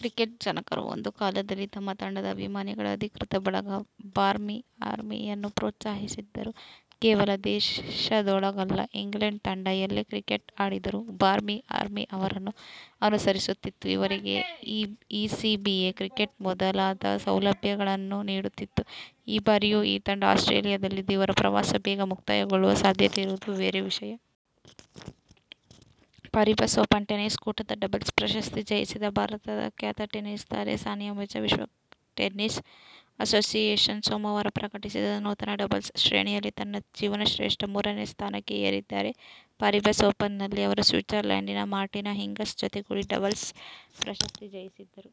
Cricket ಜನಕರು ಒಂದು ಕಾಲದಲ್ಲಿ ತಮ್ಮ ತಂಡದ ಅಭಿಮಾನಿಗಳ ಅಧಿಕೃತ ಬಳಗ "ಬಾರ್ಮಿ ಆರ್ಮಿ'ಯನ್ನು ಪೊತ್ಸಾಹಿಸಿದ್ದರು. ಕೇವಲ ದೇಶದೊಳಗಲ್ಲ, ಇಂಗ್ಲೆಂಡ್ ತಂಡ ಎಲ್ಲೇ ಕ್ರಿಕೆಟ್ ಆಡಿದರೂ ಬಾರ್ಮಿ ಆರ್ಮಿ ಅವರನ್ನು ಅನುಸರಿಸುತ್ತಿತ್ತು. ಇವರಿಗೆ ಇಸಿಬಿಯೇ ಟಿಕೆಟ್ ಮೊದಲಾದ ಸೌಲಭ್ಯಗಳನ್ನುನೀಡುತ್ತಿತ್ತು. ಈ ಬಾರಿಯೂ ಈ ತಂಡ ಆಸ್ಟ್ರೇಲಿಯದಲ್ಲಿದ್ದು, ಇವರ ಪ್ರವಾಸ ಬೇಗ ಮುಕ್ತಾಯಗೊಳ್ಳುವ ಸಾಧ್ಯತೆ ಇರುವುದು ಬೇರೆ ವಿಷಯ! ಪಾರಿಬಸ್ ಓಪನ್ ಟೆನಿಸ್ ಕೂಟದ ಡಬಲ್ಸ್ ಪ್ರಶಸ್ತಿ ಜಯಿಸಿದ ಭಾರತದ ಖ್ಯಾತ ಟೆನಿಸ್ ತಾರೆ ಸಾನಿಯಾ ಮಿರ್ಜಾ ವಿಶ್ವ ಟೆನಿಸ್ ಅಸೋಸಿಯೇಶನ್ ಸೋಮವಾರ ಪ್ರಕಟಿಸಿದ ನೂತನ ಡಬಲ್ಸ್ ಶ್ರೇಣಿಯಲ್ಲಿ ತನ್ನ ಜೀವನಶ್ರೇಷ್ಠ ಮೂರನೇ ಸ್ಥಾನಕ್ಕೆ ಏರಿದ್ದಾರೆ. ಪಾರಿಬಸ್ ಓಪನ್ನಲ್ಲಿ ಅವರು ಸ್ವಿಟ್ಸರ್ಲ್ಯಾಂಡಿನ ಮಾರ್ಟಿನಾ ಹಿಂಗಿಸ್ ಜತೆಗೂಡಿ ಡಬಲ್ಸ್ ಪ್ರಶಸ್ತಿ ಜಯಿಸಿದ್ದರು.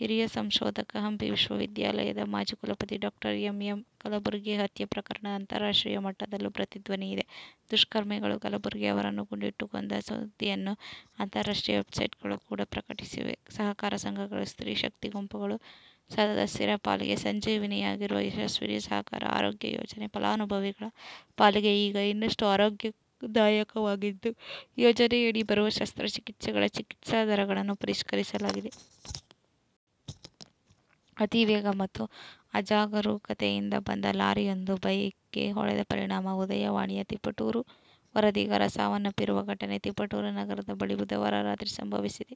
ಹಿರಿಯ ಸಂಶೋಧಕ, ಹಂಪಿ ವಿಶ್ವವಿದ್ಯಾಲಯದ ಮಾಜಿ ಕುಲಪತಿ ಡಾ ಎಂ. ಎಂ. ಕಲುಬರ್ಗಿ ಹತ್ಯೆ ಪ್ರಕರಣ ಅಂತಾರಾಷ್ಟ್ರೀಯ ಮಟ್ಟದಲ್ಲೂ ಪ್ರತಿಧ್ವನಿಸಿದೆ. ದುಷ್ಕರ್ಮಿಗಳು ಕಲಬುರ್ಗಿ ಅವರನ್ನು ಗುಂಡಿಟ್ಟು ಕೊಂದ ಸುದ್ದಿಯನ್ನು ಅಂತಾರಾಷ್ಟ್ರೀಯ ವೆಬ್ಸೈಟ್ಗಳು ಕೂಡ ಪ್ರಕಟಿಸಿವೆ. ಸಹಕಾರ ಸಂಘಗಳು, ಸ್ತ್ರೀಶಕ್ತಿ ಗುಂಪುಗಳ ಸದಸ್ಯರ ಪಾಲಿಗೆ 'ಸಂಜೀವಿನಿ'ಯಾಗಿರುವ ಯಶಸ್ವಿನಿ ಸಹಕಾರ ಆರೋಗ್ಯ ಯೋಜನೆ ಫಲಾನುಭವಿಗಳ ಪಾಲಿಗೆ ಈಗ ಇನ್ನಷ್ಟು "ಅರೋಗ್ಯದಾಯಕ'ವಾಗಿದ್ದು, ಯೋಜನೆಯಡಿ ಬರುವ ಶಸ್ತ್ರಚಿಕಿತ್ಸೆಗಳ ಚಿಕಿತ್ಸಾ ದರಗಳನ್ನು ಪರಿಷ್ಕರಿಸಲಾಗಿದೆ. ಅತಿವೇಗ ಮತ್ತು ಅಜಾಗರೂಕತೆಯಿಂದ ಬಂದ ಲಾರಿಯೊಂದು ಬೈಕ್ಗೆ ಹೊಡೆದ ಪರಿಣಾಮ "ಉದಯವಾಣಿ'ಯ ತಿಪಟೂರು ವರದಿಗಾರ ಸಾವನ್ನಪ್ಪಿರುವ ಘಟನೆ ತಿಪಟೂರು ನಗರದ ಬಳಿ ಬುಧವಾರ ರಾತ್ರಿ ಸಂಭವಿಸಿದೆ.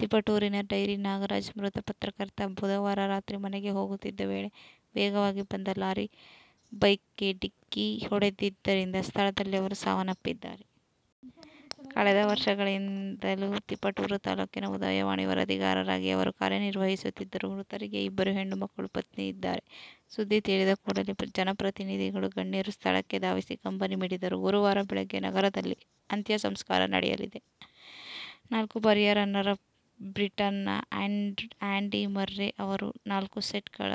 ತಿಪಟೂರಿನ ಡೈರಿ ನಾಗರಾಜ್ ಮೃತ ಪತ್ರಕರ್ತ. ಬುಧವಾರ ರಾತ್ರಿ ಮನೆಗೆ ಹೋಗುತ್ತಿದ್ದ ವೇಳೆ ವೇಗವಾಗಿ ಬಂದ ಲಾರಿ ಬೈಕ್ಗೆ ಡಿಕ್ಕಿ ಹೊಡೆದಿದ್ದರಿಂದ ಸ್ಥಳದಲ್ಲೇ ಅವರು ಸಾವನ್ನಪ್ಪಿದ್ದಾರೆ. ಕಳೆದ ವರ್ಷಗಳಿಂದಲೂ ತಿಪಟೂರು ತಾಲೂಕಿನ "ಉದಯವಾಣಿ' ವರದಿಗಾರರಾಗಿ ಅವರು ಕಾರ್ಯ ನಿರ್ವಹಿಸುತ್ತಿದ್ದರು. ಮೃತರಿಗೆ ಇಬ್ಬರು ಹೆಣ್ಣು ಮಕ್ಕಳು, ಪತ್ನಿ ಇದ್ದಾರೆ. ಸುದ್ದಿ ತಿಳಿದ ಕೂಡಲೇ ಜನಪ್ರತಿನಿಧಿಗಳು, ಗಣ್ಯರು ಸ್ಥಳಕ್ಕೆ ಧಾವಿಸಿ ಕಂಬನಿ ಮಿಡಿದರು. ಗುರುವಾರ ಬೆಳಗ್ಗೆ ನಗರದಲ್ಲಿ ಅಂತ್ಯ ಸಂಸ್ಕಾರ ನಡೆಯಲಿದೆ. ನಾಲ್ಕು ಬಾರಿಯ ರನ್ನರ್ ಅಪ್ ಬ್ರಿಟನ್ನ ಆ್ಯಂಡಿ ಮರ್ರೆ ಅವರು ನಾಲ್ಕು ಸೆಟ್ಗಳ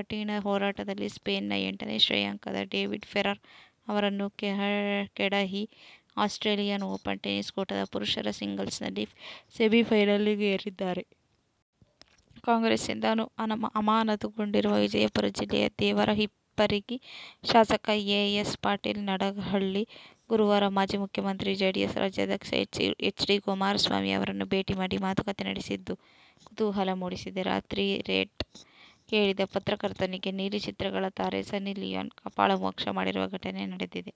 ಕಠಿನ ಹೋರಾಟದಲ್ಲಿ ಸ್ಪೇನ್ನ ಎಂಟನೇ ಶ್ರೇಯಾಂಕದ ಡೇವಿಡ್ ಫೆರರ್ ಅವರನ್ನು ಕೆಡಹಿ ಆಸ್ಟ್ರೇಲಿಯನ್ ಓಪನ್ ಟೆನಿಸ್ ಕೂಟದ ಪುರುಷರ ಸಿಂಗಲ್ಸ್ನಲ್ಲಿ ಸೆಮಿಫೈನಲಿಗೇರಿದ್ದಾರೆ. ಕಾಂಗ್ರೆಸ್ನಿಂದ ಅಮಾನತುಗೊಂಡಿರುವ ವಿಜಯಪುರ ಜಿಲ್ಲೆ ದೇವರಹಿಪ್ಪರಗಿ ಶಾಸಕ ಎ. ಎಸ್. ಪಾಟೀಲ್ ನಡಹಳ್ಳಿ ಗುರುವಾರ ಮಾಜಿ ಮುಖ್ಯಮಂತ್ರಿ ಜೆಡಿಎಸ್ ರಾಜ್ಯಾಧ್ಯಕ್ಷ ಎಚ್. ಡಿ. ಕುಮಾರಸ್ವಾಮಿ ಅವರನ್ನು ಭೇಟಿ ಮಾಡಿ ಮಾತುಕತೆ ನಡೆಸಿದ್ದು ಕುತೂಹಲ ಮೂಡಿಸಿದೆ. "ರಾತ್ರಿ ರೇಟ್' ಕೇಳಿದ ಪತ್ರಕರ್ತನಿಗೆ ನೀಲಿಚಿತ್ರಗಳ ತಾರೆ ಸನ್ನಿ ಲಿಯೋನ್ ಕಪಾಳಮೋಕ್ಷ ಮಾಡಿರುವ ಘಟನೆ ನಡೆದಿದೆ.